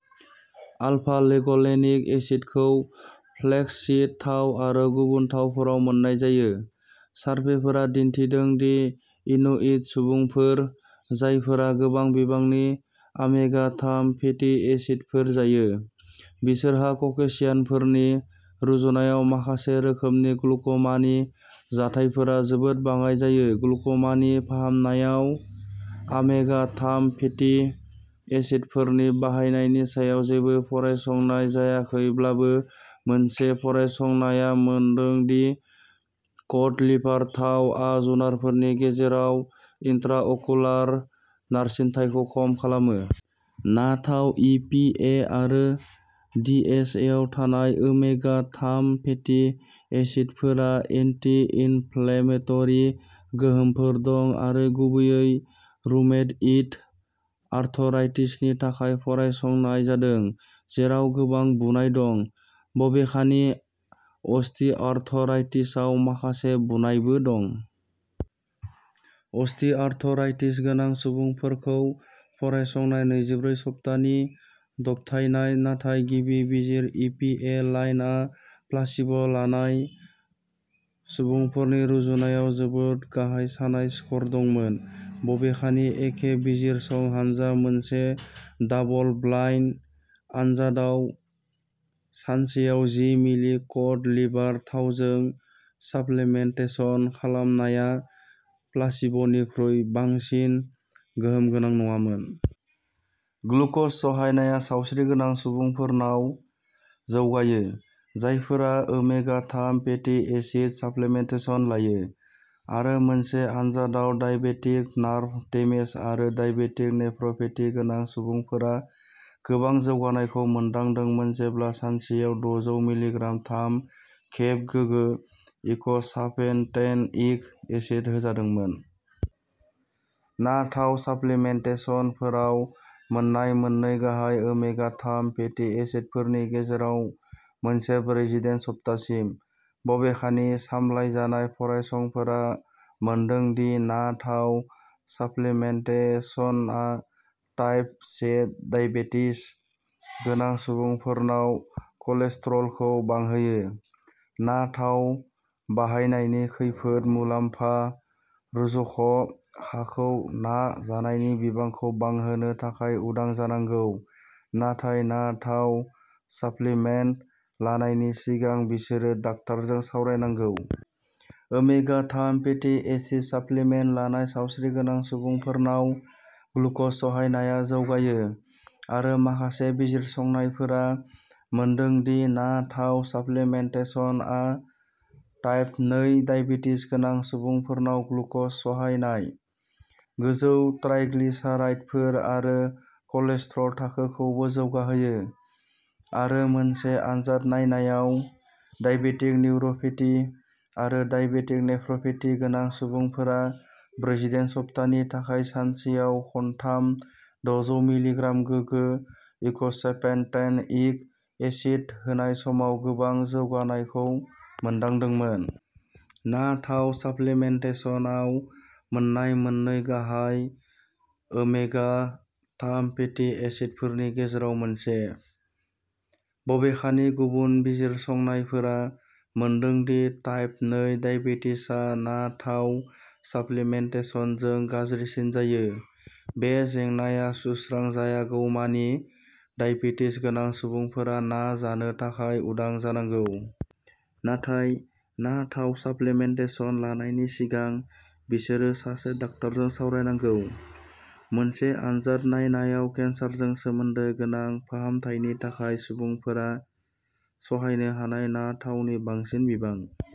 आलफा-लिन'लेनिक एसिडखौ flaxseed थाव आरो गुबुन थावफोराव मोननाय जायो। सारभेफोरा दिन्थिदों दि इनुइट सुबुंफोर, जायफोरा गोबां बिबांनि ओमेगा थाम फेटी एसिडफोर जायो, बिसोरहा ककेशियानफोरनि रुजुनायाव माखासे रोखोमनि ग्लुक'मानि जाथायफोरा जोबोद बाङाइ जायो। ग्लुक'मानि फाहामनायाव ओमेगा थाम फेटी एसिडफोरनि बाहायनायनि सायाव जेबो फरायसंनाय जायाखैब्लाबो मोनसे फरायसंनाया मोनदों दि कड लिभार थाव आ जुनारफोरनि गेजेराव इन्ट्राअकुलार नारसिनथायखौ खम खालामो। ना थाव, ई पी ए आरो डी एच एआव थानाय ओमेगा थाम फेटी एसिडफोरा एन्टि-इनफ्लेमेटरि गोहोमफोर दं आरो गुबैयै रुमेटइड आर्थराइटिसनि थाखाय फरायसंनाय जादों, जेराव गोबां बुनाय दं। बबेखानि अस्टिआर्थराइटिसआव माखासे बुनायबो दं। अस्टिआर्थराइटिस गोनां सुबुंफोरखौ फरायसंनाय नैजिब्रै सप्तानि दबथायनाय नाथाय गिबि बिजिर इ पि ए लानायआ प्लासिब' लानाय सुबुंफोरनि रुजुनायाव जोबोद गाहाय सानाय स्कर दंमोन। बबेखानि एखे बिजिरसं हानजा मोनसे डाबल-ब्लाइन्ड आन्जादआव सानसेयाव जि मिलि कड लिभार थावजों साप्लिमेन्टेसन खालामनाया प्लासिब'निख्रुइ बांसिन गोहोम गोनां नङामोन। ग्लुक'ज सहायनाया सावस्रिगोनां सुबुंफोरनाव जौगायो, जायफोरा ओमेगा थाम फेटि एसिड साप्लिमेन्टेसन लायो। आरो मोनसे आन्जादआव डायबेटिक नार्भ डेमेज आरो डायबेटिक नेफ्र'पेथि गोनां सुबुंफोरा गोबां जौगानायखौ मोनदांदोंमोन जेब्ला सानसेयाव द'जौ मिलिग्राम थाम खेब गोगो इक'सापेनटेन'इक एसिड होजादोंमोन। ना थाव साप्लिमेन्टेसनफोराव मोन्नाय मोननै गाहाय ओमेगा थाम फेटि एसिडफोरनि गेजेराव मोनसे ब्रैजिडाइन सप्तासिम। बबेखानि सामलायजानाय फरायसंफोरा मोनदों दि ना थाव साप्लिमेन्टेसनआ टाइप से डायबेटिस गोनां सुबुंफोरनाव कलेस्ट्रलखौ बांहोयो। ना थाव बाहायनायनि खैफोद-मुलाम्फा रुजुज'खाखौ ना जानायनि बिबांखौ बांहोनो थाखाय उदां जानांगौ, नाथाय ना थाव साप्लिमेन्ट लानायनि सिगां बिसोरो डाक्टारजों सावरायनांगौ। ओमेगा थाम फेटि एसिड साप्लिमेन्ट लानाय सावस्रिगोनां सुबुंफोरनाव ग्लुक'ज सहायनाया जौगायो, आरो माखासे बिजिरसंनायफोरा मोनदों दि ना थाव साप्लिमेन्टेसनआ टाइप नै डाइबेटिस गोनां सुबुंफोरनाव ग्लुक'ज सहायनाय, गोजौ ट्राइग्लिसाराइडफोर आरो कलेस्ट्रल थाखोखौबो जौगाहोयो। आरो मोनसे आन्जाद नायनायाव, डायबेटिक निउर'पेथि आरो डाइबेटिक नेफ्र'पेथि गोनां सुबुंफोरा ब्रैजिडाइन सप्तानि थाखाय सानसेयाव खनथाम द'जौ मिलिग्राम गोगो इक'सेपेन्टेएन'इक एसिड होनाय समाव गोबां जौगानायखौ मोनदांदोंमोन। ना थाव साप्लिमेन्टेसनआव मोन्नाय मोननै गाहाय ओमेगा थाम फेटि एसिडफोरनि गेजेराव मोनसे। बबेखानि गुबुन बिजिरसंनायफोरा मोनदों दि टाइप नै डाइबेटिसआ ना थाव साप्लिमेन्टेसनजों गाज्रिसिन जायो। बे जेंनाया सुस्रांजायागौमानि डाइबेटिस गोनां सुबुंफोरा ना जानो थाखाय उदां जानांगौ। नाथाय ना थाव साप्लिमेन्टेसन लानायनि सिगां बिसोरो सासे डाक्टारजों सावरायनांगौ। मोनसे आन्जाद नायनायाव केन्सारजों सोमोन्दो गोनां फाहामथायनि थाखाय सुबुंफोरा सहायनो हानाय ना थावनि बांसिन बिबां।